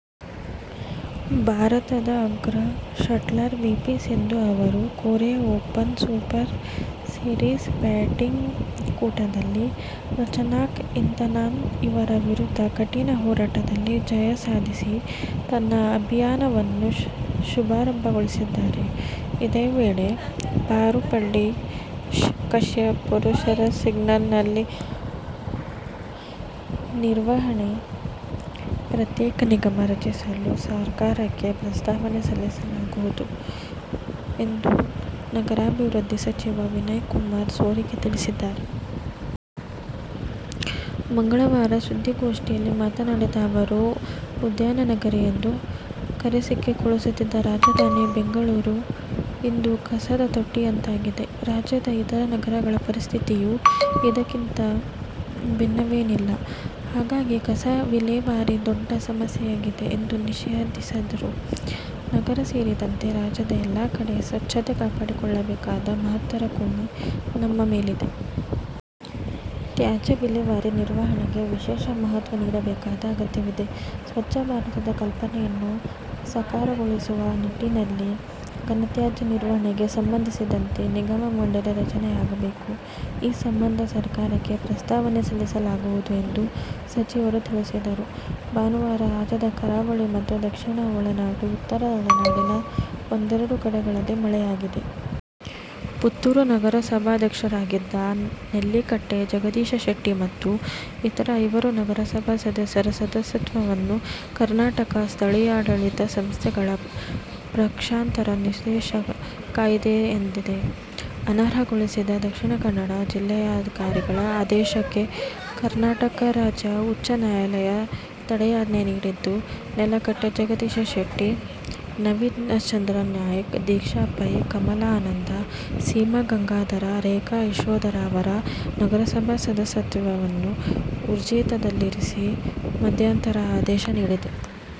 ಭಾರತದ ಅಗ್ರ shuttler PV Sindhu ಅವರು Korea open super series badminton ಕೂಟದಲ್ಲಿ ರಚನಾಕ್ ಇಂತನಾನ್ ಅವರ ವಿರುದ್ಧ ಕಠಿನ ಹೋರಾಟದಲ್ಲಿ ಜಯ ಸಾಧಿಸಿ ತನ್ನ ಅಭಿಯಾನವನ್ನು ಶುಭಾರಂಭಗೊಳಿಸಿದ್ದಾರೆ. ಇದೇ ವೇಳೆ ಪಾರುಪಳ್ಳಿ ಕಶ್ಯಪ್ ಪುರುಷರ ಸಿಂಗಲ್ಸ್ನಲ್ಲಿ ಸೋಲನ್ನು ಕಂಡು ಹೊರಬಿದ್ದಿದ್ದಾರೆ. ಘನತ್ಯಾಜ್ಯ ನಿರ್ವಹಣೆಗೆ ಪ್ರತ್ಯೇಕ ನಿಗಮ ರಚಿಸಲು ಸರಕಾರಕ್ಕೆ ಪ್ರಸ್ತಾವನೆ ಸಲ್ಲಿಸಲಾಗುವುದು ಎಂದು ನಗರಾಭಿವೃದ್ಧಿ ಸಚಿವ ವಿನಯಕುಮಾರ ಸೊರಕೆ ತಿಳಿಸಿದ್ದಾರೆ. ಮಂಗಳವಾರ ಸುದ್ದಿಗೋಷ್ಠಿಯಲ್ಲಿ ಮಾತನಾಡಿದ ಅವರು, ಉದ್ಯಾನ ನಗರಿ ಎಂದು ಕರೆಸಿಕೊಳ್ಳುತ್ತಿದ್ದ ರಾಜಧಾನಿ ಬೆಂಗಳೂರು ಇಂದು ಕಸದ ತೊಟ್ಟಿಯಂತಾಗಿದೆ. ರಾಜ್ಯದ ಇತರ ನಗರಗಳ ಪರಿಸ್ಥಿತಿಯೂ ಇದಕ್ಕಿಂತ ಭಿನ್ನವೇನಿಲ್ಲ. ಹಾಗಾಗಿ ಕಸ ವಿಲೇವಾರಿ ದೊಡ್ಡ ಸಮಸ್ಯೆಯಾಗಿದೆ ಎಂದು ವಿಷಾದಿಸಿದರು. ನಗರ ಸೇರಿದಂತೆ ರಾಜ್ಯದ ಎಲ್ಲಾ ಕಡೆ ಸ್ವತ್ಛತೆ ಕಾಪಾಡಿಕೊಳ್ಳಬೇಕಾದ ಮಹತ್ತರ ಹೊಣೆ ನಮ್ಮ ಮೇಲಿದೆ. ತಾಜ್ಯ ವಿಲೇವಾರಿ, ನಿರ್ವಹಣೆಗೆ ವಿಶೇಷ ಮಹತ್ವ ನೀಡಬೇಕಾದ ಅಗತ್ಯವಿದೆ. "ಸ್ವತ್ಛ ಭಾರತ'ದ ಕಲ್ಪನೆಯನ್ನು ಸಾಕಾರಗೊಳಿಸುವ ನಿಟ್ಟಿನಲ್ಲಿ ಘನತ್ಯಾಜ್ಯ ನಿರ್ವಹಣೆಗೆ ಸಂಬಂಧಿಸಿದಂತೆ ನಿಗಮ- ಮಂಡಳಿ ರಚನೆಯಾಗಬೇಕು. ಈ ಸಂಬಂಧ ಸರಕಾರಕ್ಕೆ ಪ್ರಸ್ತಾವನೆ ಸಲ್ಲಿಸಲಾಗುವುದು ಎಂದು ಸಚಿವರು ತಿಳಿಸಿದರು. ಭಾನುವಾರ ರಾಜ್ಯದ ಕರಾವಳಿ ಮತ್ತು ದಕ್ಷಿಣ ಒಳನಾಡು, ಉತ್ತರ ಒಳನಾಡಿನ ಒಂದೆರಡು ಕಡೆಗಳಲ್ಲಿ ಮಳೆಯಾಗಿದೆ. ಪುತ್ತೂರು ನಗರಸಭಾಧ್ಯಕ್ಷರಾಗಿದ್ದ ನೆಲ್ಲಿಕಟ್ಟೆ ಜಗದೀಶ ಶೆಟ್ಟಿ ಮತ್ತು ಇತರ ಐವರು ನಗರಸಭಾ ಸದಸ್ಯರ ಸದಸ್ಯತ್ವವನ್ನು ಕರ್ನಾಟಕ ಸ್ಥಳೀಯಾಡಳಿತ ಸಂಸ್ಥೆಗಳ ಪಕ್ಷಾಂತರ ನಿಷೇಧ ಕಾಯಿದೆಯಂತೆ ಅನರ್ಹಗೊಳಿಸಿದ ದ. ಕ. ಜಿಲ್ಲಾಧಿಕಾರಿಗಳ ಆದೇಶಕ್ಕೆ ಕರ್ನಾಟಕ ರಾಜ್ಯ ಉಚ್ಚ ನ್ಯಾಯಾಲಯ ತಡೆಯಾಜ್ಞೆ ನೀಡಿದ್ದು, ನೆಲ್ಲಕಟ್ಟೆ ಜಗದೀಶ ಶೆಟ್ಟಿ, ನವೀನ್ಚಂದ್ರ ನಾೖಕ್, ದೀಕ್ಷಾ ಪೈ, ಕಮಲಾ ಆನಂದ, ಸೀಮಾ ಗಂಗಾಧರ, ರೇಖಾ ಯಶೋಧರ ಅವರ ನಗರಸಭಾ ಸದಸ್ಯತ್ವವನ್ನು ಊರ್ಜಿತದಲ್ಲಿರಿಸಿ ಮಧ್ಯಾಂತರ ಆದೇಶ ನೀಡಿದೆ.